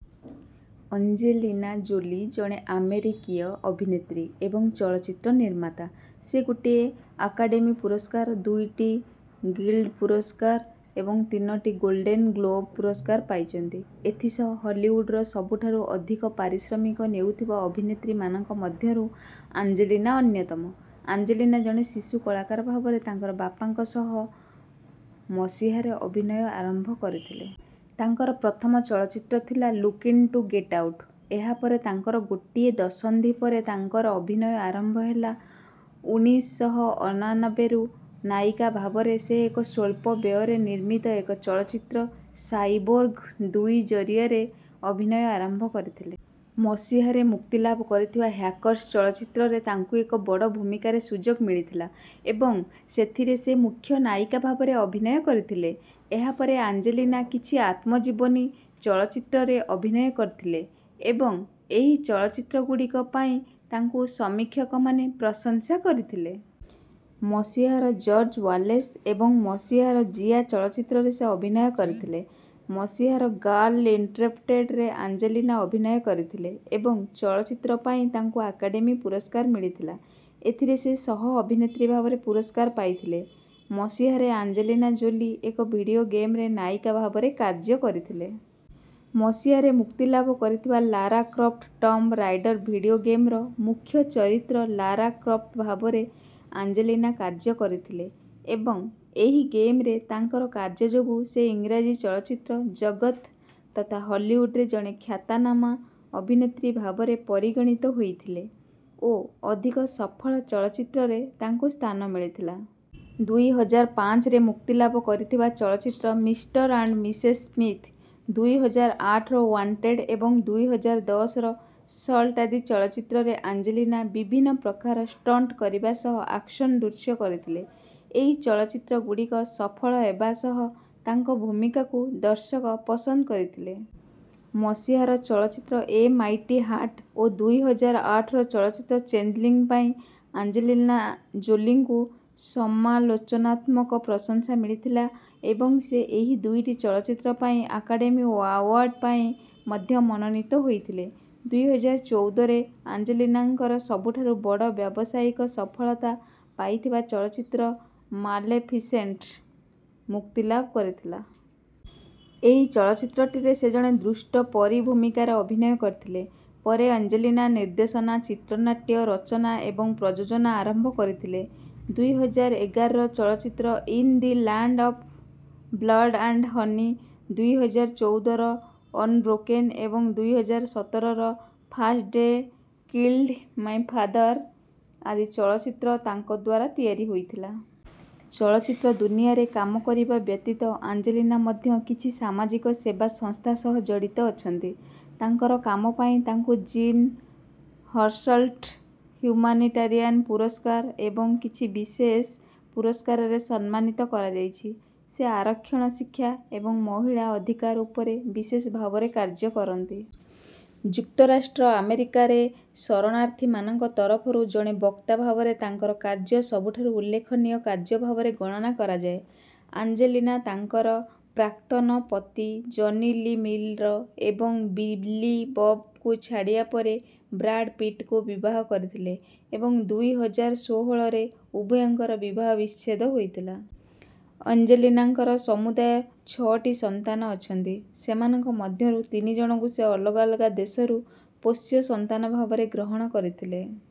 Angelina Jolie ଜଣେ ଆମେରିକୀୟ ଅଭିନେତ୍ରୀ ଏବଂ ଚଳଚ୍ଚିତ୍ର ନିର୍ମାତା। ସେ ଗୋଟିଏ ଆକାଡେମୀ ପୁରସ୍କାର, ଦୁଇଟି ଗିଲ୍ଡ ପୁରସ୍କାର ଏବଂ ତିନୋଟି ଗୋଲ୍ଡେନ ଗ୍ଲୋବ ପୁରସ୍କାର ପାଇଛନ୍ତି। ଏଥିସହ ହଲିଉଡର ସବୁଠାରୁ ଅଧିକ ପାରିଶ୍ରମିକ ନେଉଥିବା ଅଭିନେତ୍ରୀମାନଙ୍କ ମଧ୍ୟରୁ ଆଞ୍ଜେଲିନା ଅନ୍ୟତମ। ଆଞ୍ଜେଲିନା ଜଣେ ଶିଶୁ କଳାକାର ଭାବରେ ତାଙ୍କର ବାପାଙ୍କ ସହ ମସିହାରେ ଅଭିନୟ ଆରମ୍ଭ କରିଥିଲେ। ତାଙ୍କର ପ୍ରଥମ ଚଳଚ୍ଚିତ୍ର ଥିଲା ଲୁକିନ ଟୁ ଗେଟ ଆଉଟ। ଏହା ପରେ ତାଙ୍କର ଗୋଟିଏ ଦଶନ୍ଧି ପରେ ତାଙ୍କର ଅଭିନୟ ଆରମ୍ଭ ହେଲା ଉଣିଷ ଶହ ଅନାନବେ ରୁ। ନାୟିକା ଭାବରେ ସେ ଏକ ସ୍ୱଳ୍ପ ବ୍ୟୟରେ ନିର୍ମିତ ଏକ ଚଳଚ୍ଚିତ୍ର ସାଇବୋର୍ଗ ଦୁଇ ଜରିଆରେ ଅଭିନୟ ଆରମ୍ଭ କରିଥିଲେ। ମସିହାରେ ମୁକ୍ତିଲାଭ କରିଥିବା ହ୍ୟାକର୍ସ ଚଳଚ୍ଚିତ୍ରରେ ତାଙ୍କୁ ଏକ ବଡ଼ ଭୂମିକାରେ ସୁଯୋଗ ମିଳିଥିଲା ଏବଂ ସେଥିରେ ସେ ମୁଖ୍ୟ ନାୟିକା ଭାବରେ ଅଭିନୟ କରିଥିଲେ। ଏହାପରେ ଆଞ୍ଜେଲିନା କିଛି ଆତ୍ମଜୀବନୀ ଚଳଚ୍ଚିତ୍ରରେ ଅଭିନୟ କରିଥିଲେ ଏବଂ ଏହି ଚଳଚ୍ଚିତ୍ରଗୁଡ଼ିକ ପାଇଁ ତାଙ୍କୁ ସମୀକ୍ଷକମାନେ ପ୍ରଶଂସା କରିଥିଲେ। ମସିହାର ଜର୍ଜ ୱାଲେସ ଏବଂ ମସିହାର ଜିଆ ଚଳଚ୍ଚିତ୍ରରେ ସେ ଅଭିନୟ କରିଥିଲେ। ମସିହାରେ ଗାର୍ଲ ଇଣ୍ଟରପ୍ଟେଡରେ ଆଞ୍ଜେଲିନା ଅଭିନୟ କରିଥିଲେ ଏବଂ ଚଳଚ୍ଚିତ୍ର ପାଇଁ ତାଙ୍କୁ ଆକାଡେମୀ ପୁରସ୍କାର ମିଳିଥିଲା। ଏଥିରେ ସେ ସହ-ଅଭିନେତ୍ରୀ ଭାବରେ ପୁରସ୍କାର ପାଇଥିଲେ। ମସିହାରେ ଆଞ୍ଜେଲିନା ଜୋଲି ଏକ ଭିଡିଓ ଗେମରେ ନାୟିକା ଭାବରେ କାର୍ଯ୍ୟ କରିଥିଲେ। ମସିହାରେ ମୁକ୍ତିଲାଭ କରିଥିବା Lara Croft Tomb Raider video ଗେମର ମୁଖ୍ୟ ଚରିତ୍ର ଲାରା କ୍ରଫ୍ଟ ଭାବରେ ଆଞ୍ଜେଲିନା କାର୍ଯ୍ୟ କରିଥିଲେ ଏବଂ ଏହି ଗେମରେ ତାଙ୍କର କାର୍ଯ୍ୟ ଯୋଗୁଁ ସେ ଇଂରାଜୀ ଚଳଚ୍ଚିତ୍ର ଜଗତ ତଥା ହଲିଉଡର ଜଣେ ଖ୍ୟାତାନାମା ଅଭିନେତ୍ରୀ ଭାବରେ ପରିଗଣିତ ହୋଇଥିଲେ ଓ ଅଧିକ ସଫଳ ଚଳଚ୍ଚିତ୍ରରେ ତାଙ୍କୁ ସ୍ଥାନ ମିଳିଥିଲା। ଦୁଇ ହଜାର ପାଞ୍ଚରେ ମୁକ୍ତିଲାଭ କରିଥିବା ଚଳଚ୍ଚିତ୍ର ମିଷ୍ଟର ଆଣ୍ଡ ମିସେସ ସ୍ମିଥ, ଦୁଇ ହଜାର ଆଠର ୱାଣ୍ଟେଡ ଏବଂ ଦୁଇ ହଜାର ଦଶର ସଲ୍ଟ ଆଦି ଚଳଚ୍ଚିତ୍ରରେ ଆଞ୍ଜେଲିନା ବିଭିନ୍ନ ପ୍ରକାର ଷ୍ଟଣ୍ଟ କରିବା ସହ ଆକ୍ସନ ଦୃଶ୍ୟ କରିଥିଲେ। ଏହି ଚଳଚ୍ଚିତ୍ରଗୁଡ଼ିକ ସଫଳ ହେବା ସହ ତାଙ୍କ ଭୂମିକାକୁ ଦର୍ଶକ ପସନ୍ଦ କରିଥିଲେ। ମସିହାର ଚଳଚ୍ଚିତ୍ର ଏ ମାଇଟି ହାର୍ଟ ଓ ଦୁଇ ହଜାର ଆଠର ଚଳଚ୍ଚିତ୍ର ଚେଞ୍ଜଲିଂ ପାଇଁ ଅଞ୍ଜେଲିନା ଜୋଲିଙ୍କୁ ସମାଲୋଚନାତ୍ମକ ପ୍ରଶଂସା ମିଳିଥିଲା ଏବଂ ସେ ଏହି ଦୁଇଟି ଚଳଚ୍ଚିତ୍ର ପାଇଁ ଆକାଡେମୀ ଆୱାର୍ଡ଼ ପାଇଁ ମଧ୍ୟ ମନୋନୀତ ହୋଇଥିଲେ। ଦୁଇ ହଜାର ଚୌଦରେ ଅଞ୍ଜେଲିନାଙ୍କର ସବୁଠାରୁ ବଡ଼ ବ୍ୟବସାୟିକ ସଫଳତା ପାଇଥିବା ଚଳଚ୍ଚିତ୍ର ମାଲେଫିସେଣ୍ଟ ମୁକ୍ତିଲାଭ କରିଥିଲା। ଏହି ଚଳଚ୍ଚିତ୍ରଟିରେ ସେ ଜଣେ ଦୁଷ୍ଟ ପରୀ ଭୂମିକାରେ ଅଭିନୟ କରିଥିଲେ। ପରେ ଅଞ୍ଜେଲିନା ନିର୍ଦ୍ଦେଶନା, ଚିତ୍ରନାଟ୍ୟ ରଚନା ଏବଂ ପ୍ରଯୋଜନା ଆରମ୍ଭ କରିଥିଲେ। ଦୁଇ ହଜାର ଏଗାରର ଚଳଚ୍ଚିତ୍ର in the land of blood and honey, ଦୁଇ ହଜାର ଚୌଦର ଅନବ୍ରୋକେନ ଏବଂ ଦୁଇ ହଜାର ସତରର first they killed my father ଆଦି ଚଳଚ୍ଚିତ୍ର ତାଙ୍କ ଦ୍ୱାରା ତିଆରି ହୋଇଥିଲା। ଚଳଚ୍ଚିତ୍ର ଦୁନିଆରେ କାମ କରିବା ବ୍ୟତୀତ ଅଞ୍ଜେଲିନା ମଧ୍ୟ କିଛି ସାମାଜିକ ସେବା ସଂସ୍ଥା ସହ ଜଡ଼ିତ ଅଛନ୍ତି। ତାଙ୍କର କାମ ପାଇଁ ତାଙ୍କୁ ଜୀନ ହର୍ସଲ୍ଟ ହ୍ୟୁମାନିଟାରିଆନ ପୁରସ୍କାର ଏବଂ କିଛି ବିଶେଷ ପୁରସ୍କାରରେ ସମ୍ମାନିତ କରାଯାଇଛି। ସେ ଆରକ୍ଷଣ, ଶିକ୍ଷା ଏବଂ ମହିଳା ଅଧିକାର ଉପରେ ବିଶେଷ ଭାବରେ କାର୍ଯ୍ୟ କରନ୍ତି। ଯୁକ୍ତରାଷ୍ଟ୍ର ଆମେରିକାରେ ଶରଣାର୍ଥୀମାନଙ୍କ ତରଫରୁ ଜଣେ ବକ୍ତା ଭାବରେ ତାଙ୍କର କାର୍ଯ୍ୟ ସବୁଠାରୁ ଉଲ୍ଲେଖନୀୟ କାର୍ଯ୍ୟ ଭାବରେ ଗଣନା କରାଯାଏ। ଆଞ୍ଜେଲିନା ତାଙ୍କର ପ୍ରାକ୍ତନ ପତି ଜନି ଲୀ ମିଲର ଏବଂ ବିଲି ବବଙ୍କୁ ଛାଡ଼ିବା ପରେ ବ୍ରାଡ ପିଟଙ୍କୁ ବିବାହ କରିଥିଲେ ଏବଂ ଦୁଇ ହଜାର ଷୋହଳରେ ଉଭୟଙ୍କର ବିବାହ ବିଚ୍ଛେଦ ହୋଇଥିଲା। ଅଞ୍ଜେଲିନାଙ୍କର ସମୁଦାୟ ଛଅଟି ସନ୍ତାନ ଅଛନ୍ତି, ସେମାନଙ୍କ ମଧ୍ୟରୁ ତିନି ଜଣଙ୍କୁ ସେ ଅଲଗା ଅଲଗା ଦେଶରୁ ପୋଷ୍ୟ ସନ୍ତାନ ଭାବରେ ଗ୍ରହଣ କରିଥିଲେ।